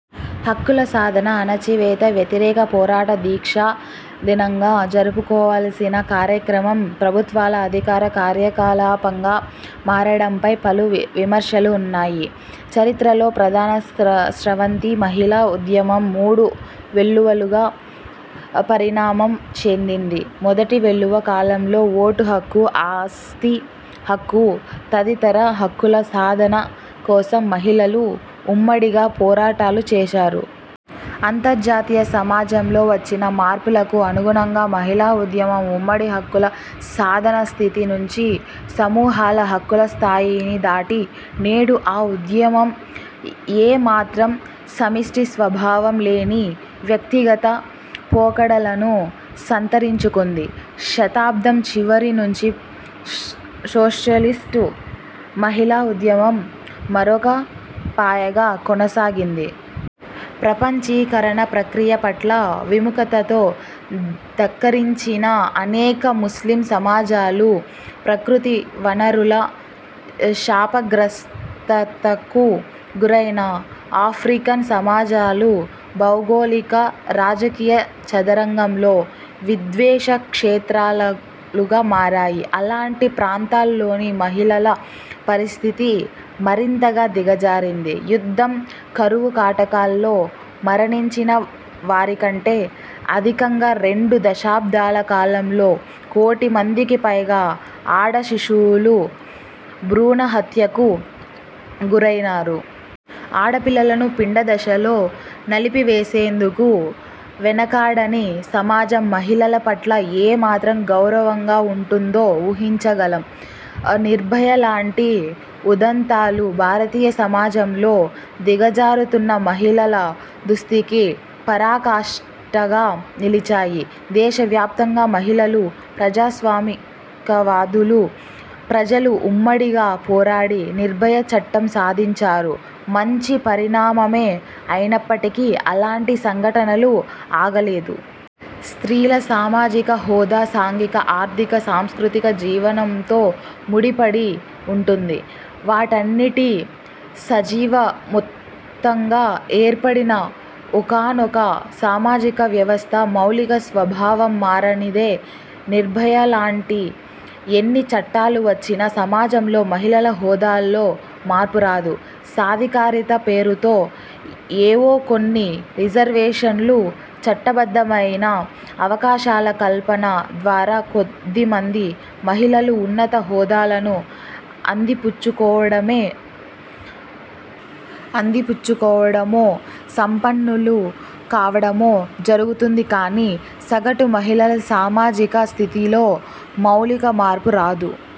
హక్కుల సాధన, అణచివేత వ్యతిరేక పోరాట దీక్షా దినంగా జరుపుకోవలసిన కార్యక్రమం ప్రభుత్వాల అధికార కార్యకలాపంగా మారడంపై పలు విమర్శలున్నాయి. చరిత్రలో ప్రధాన స్రవంతి మహిళా ఉద్యమం మూడు వెల్లువలుగా పరిణామం చెందింది. మొదటి వెల్లువ కాలంలో ఓటు హక్కు, ఆస్తి హక్కు తదితర హక్కుల సాధన కోసం మహిళలు ఉమ్మడిగా పోరాటాలు చేశారు. అంతర్జాతీయ సమాజంలో వచ్చిన మార్పులకు అనుగుణంగా మహిళా ఉద్యమం ఉమ్మడి హక్కుల సాధన స్థితి నుంచి సమూహాల హక్కుల స్థాయిని దాటి, నేడు ఆ ఉద్యమం ఏ మాత్రం సమిష్టి స్వభావం లేని వ్యక్తిగత పోకడలను సంతరించుకుంది. శతాబ్దం చివరి నుంచి సోషలిస్టు మహిళా ఉద్యమం మరొక పాయగా కొనసాగింది. ప్రపంచీకరణ ప్రక్రియ పట్ల విముఖతతో ధిక్కరించిన అనేక ముస్లిం సమాజాలు, ప్రకృతి వనరుల శాపగ్రస్తతకు గురైన ఆఫ్రికన్ సమాజాలు భౌగోళిక రాజకీయ చదరంగంలో విద్వేష క్షేత్రాలుగా మారాయి. అలాంటి ప్రాంతాల్లోని మహిళల పరిస్థితి మరింతగా దిగజారింది. యుద్ధం, కరువు కాటకాల్లో మరణించిన వారికంటే అధికంగా రెండు దశాబ్దాలకాలంలో కోటిమందికి పైగా ఆడశిశువులు భ్రూణ హత్యకు గురైనారు. ఆడపిల్లలను పిండదశలో నలిపివేసేందుకు వెనకాడని సమాజం మహిళల పట్ల ఏమాత్రం గౌరవంగా ఉంటుందో ఊహించగలం. నిర్భయ లాంటి ఉదంతాలు భారతీయ సమాజంలో దిగజారుతున్న మహిళల దుస్థితికి పరాకాష్ఠగా నిలిచాయి. దేశవ్యాప్తంగా మహిళలు, ప్రజాస్వామికవాదులు, ప్రజలు ఉమ్మడిగా పోరాడి నిర్భయ చట్టం సాధించారు. మంచి పరిణామమే అయినప్పటికీ, అలాంటి సంఘటనలు ఆగలేదు. స్త్రీల సామాజిక హోదా సాంఘిక, ఆర్థిక, సాంస్కృతిక జీవనంతో ముడిపడి ఉంటుంది. వాటన్నింటి సజీవ మొత్తంగా ఏర్పడిన ఒకానొక సామాజిక వ్యవస్థ మౌలిక స్వభావం మారనిదే నిర్భయలాంటి ఎన్ని చట్టాలు వచ్చినా సమాజంలో మహిళల హోదాలో మార్పురాదు. సాధికారిత పేరుతో ఏవో కొన్ని రిజర్వేషన్లు, చట్టబద్ధమైన అవకాశాల కల్పన ద్వారా కొద్దిమంది మహిళలు ఉన్నత హోదాలను అందిపుచ్చుకోవడమో, సంపన్నులు కావడమో జరుగుతుంది కానీ, సగటు మహిళల సామాజిక స్థితిలో మౌలిక మార్పు రాదు.